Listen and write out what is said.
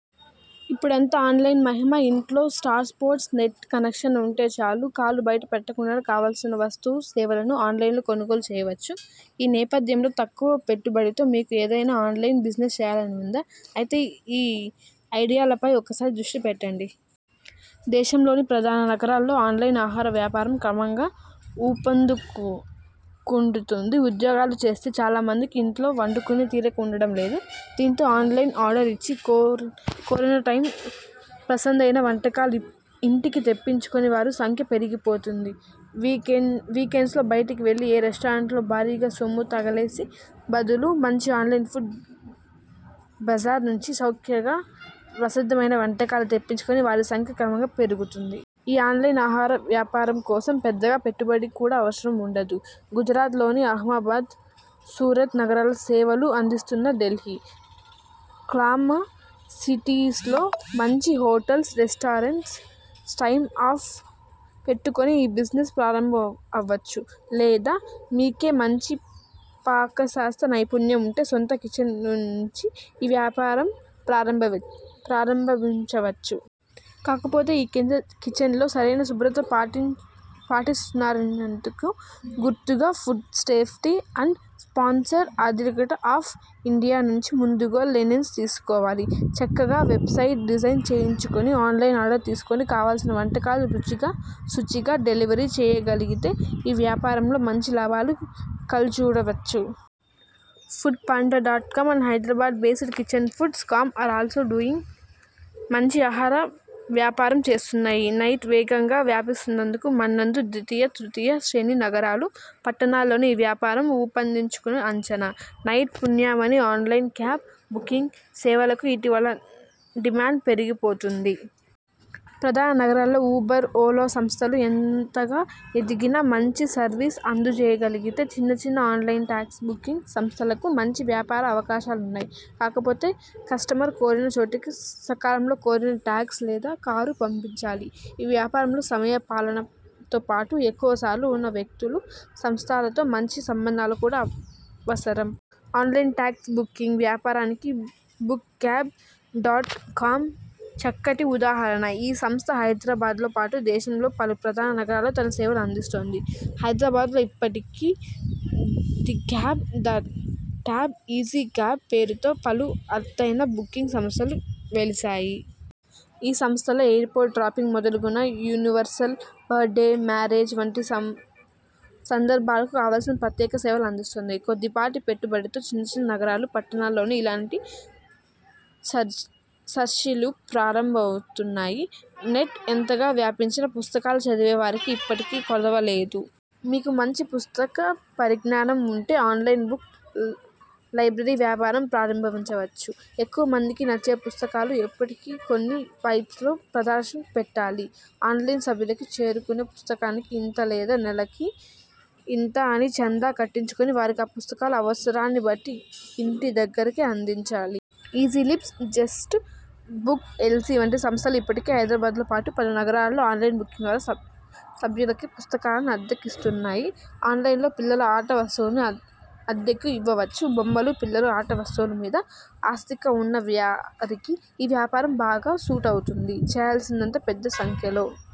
ఇపుడంతా online మయయే ఇంట్లో స్మార్ట్ఫోన్లో నెట్ కనెక్షన్ ఉంటే చాలు. కాలు బయట పెట్టకుండానే కావలసిన వస్తు, సేవలను ఆన్లైన్లో కొనుగోలు చేయవచ్చు. ఈ నేపథ్యంలో తక్కువ పెట్టుబడితో మీకూ ఏదైనా ఆన్లైన్ బిజినెస్ చేయాలని ఉందా? అయితే ఈ ఐడియాల పై ఒక్కసారి దృష్టి పెట్టండి. దేశంలోని ప్రధాన నగరాల్లో ఆన్లైన్ ఆహార వ్యాపారం క్రమంగా ఊపందుకుంటోంది. ఉద్యోగాలు చేసే చాలా మందికి ఇంట్లో వండుకునే తీరిక ఉండడం లేదు. దీంతో ఆన్లైన్లో ఆర్డర్ ఇచ్చి కోరిన టైమ్కి పసందైన వంటకాలు ఇంటికే తెప్పించుకునే వారి సంఖ్య పెరిగిపోతోంది. వీకెండ్స్లో బయటికి వెళ్లి ఏ రెస్టారెంట్లోనో భారీగా సొమ్ము తగలేసే బదులు మంచి ఆన్లైన్ ఫుడ్ బజార్ నుంచి చౌకగా పసందైన వంటకాలు తెప్పించుకునే వారి సంఖ్య క్రమంగా పెరుగుతోంది. ఈ ఆన్లైన్ ఆహార వ్యాపారం కోసం పెద్దగా పెట్టుబడి కూడా అవసరం ఉండదు. గుజరాత్లోని అహ్మదాబాద్, సూరత్ నగరాల్లో సేవలు అందిస్తున్న డెల్ఫూ. కామ్లా సిటీలోని మంచి హోటల్స్, రెస్టారెంట్లతో టై అప్ పెట్టుకుని ఈ బిజినెస్ ప్రారంభించవచ్చు. లేదా మీకే మంచి పాక శాస్త్ర నైపుణ్యం ఉంటే సొంత కిచెన్ నుంచీ ఈ వ్యాపారం ప్రారంభించవచ్చు. కాకపోతే మీ కిచెన్లో సరైన శుభ్రత పాటిస్తున్నారనేందుకు గుర్తు గా food safety and standards authority of India నుంచి ముందుగా లైసెన్సు తీసుకోవాలి. చక్కగా వెబ్సైట్ డిజైన్ చేయించుకుని ఆన్లైన్లోనే ఆర్డర్లు తీసుకుని కావలసిన వంటకాలు రుచిగా, శుచిగా డెలివరీ చేయగలిగితే ఈ వ్యాపారంలో మంచి లాభాలు కళ్ల జూడవచ్చు. ఫుడ్పాండా డాట్ కామ్, హైదరాబాద్కు చెందిన కిచెన్ఫుడ్స్ డాట్ కామ్ కూడా ఆన్లైన్లో మంచి ఆహార వ్యాపారం చేస్తున్నాయి. నెట్ వేగంగా వ్యాపిస్తున్నందున మున్ముందు ద్వితీయ, తృతీయ శ్రేణి నగరాలు, పట్టణాల్లోనూ ఈ వ్యాపారం ఊపందుకుంటుందని అంచనా. నెట్ పుణ్యమాని ఆన్లైన్ క్యాబ్ బుకింగ్ సేవలకూ ఇటీవల డిమాండ్ పెరుగుతోంది. ప్రధాన నగరాల్లో ఉబెర్, ఓలా సంస్థలు ఎంతగా ఎదిగినా మంచి సర్వీస్ అందజేయగలిగితే చిన్న చిన్న ఆన్లైన్ టాక్సీ బుకింగ్ సంస్థలకూ మంచి వ్యాపార అవకాశాలున్నాయి. కాకపోతే కస్టమర్ కోరిన చోటికి సకాలంలో కోరిన టాక్సీ లేదా కారు పంపించాలి. ఈ వ్యాపారంలో సమయ పాలనతోపాటు ఎక్కువ కార్లు ఉన్న వ్యక్తులు, సంస్థలతో మంచి సంబంధాలు కూడా అవసరం. ఆన్లైన్ టాక్సీ బుకింగ్ వ్యాపారానికి బుక్మైక్యాబ్ డాట్ కామ్ చక్కటి ఉదాహరణ. ఈ సంస్థ హైదరాబాద్తో పాటు దేశంలోని పలు ప్రధాన నగరాల్లో తన సేవలు అందిస్తోంది. హైదరాబాద్లో ఇప్పటికే G cabs, dot cabs, easy cabs పేరుతో పలు అన్లైన్ బుకింగ్ సంస్థలు వెలిశాయి. ఈ సంస్థలు ఎయిర్పోర్టు డ్రాపింగ్ మొదలుకుని యానివర్సిరీ, బర్త్డే, మ్యారేజ్ వంటి సందర్భాలకూ కావలసిన ప్రత్యేక సేవలు అందిస్తున్నాయి. కొద్ది పాటి పెట్టుబడితో చిన్న చిన్న నగరాలు, పట్టణాల్లోనూ ఇలాంటి సర్వీసులు ప్రారభించవచ్చు. నెట్ ఎంతగా వ్యాపించినా పుస్తకాలు చదివే వారికి ఇప్పటికీ కొదవ లేదు. మీకు మంచి పుస్తక పరిజ్ఞానం ఉంటే ఆన్లైన్ బుక్ లైబ్రరీ వ్యాపారం ప్రారంభించవచ్చు. ఎక్కువ మందికి నచ్చే పుస్తకాలను ఎప్పటి కప్పుడు కొని వెబ్సైట్లో ప్రదర్శనకు పెట్టాలి. ఆన్లైన్లో సభ్యులను చేర్చుకుని పుస్తకానికి ఇంత లేదా నెలకు ఇంత అని చందా కట్టించుకుని వారికి ఆ పుస్తకాలు అవసరాన్ని బట్టి ఇంటి దగ్గరే అందించాలి. ఈజీలిబ్స్, జస్ట్బుక్స్సిఎల్సి వంటి సంస్థలు ఇప్పటికే హైదరాబాద్తో పాటు పలు నగరాల్లో ఆన్లైన్ బుకింగ్ ద్వారా సభ్యులకు పుస్తకాలను అద్దెకు ఇస్తున్నాయి. ఆన్లైన్లోనూ పిల్లల ఆట వస్తువులను అద్దెకు ఇవ్వవచ్చు. బొమ్మలు, పిల్లల ఆట వస్తువుల మీద ఆసక్తి ఉన్న వారికి ఈ వ్యాపారం బాగా సూటవుతుంది. చేయాల్సిందిల్లా పెద్ద సంఖ్యలో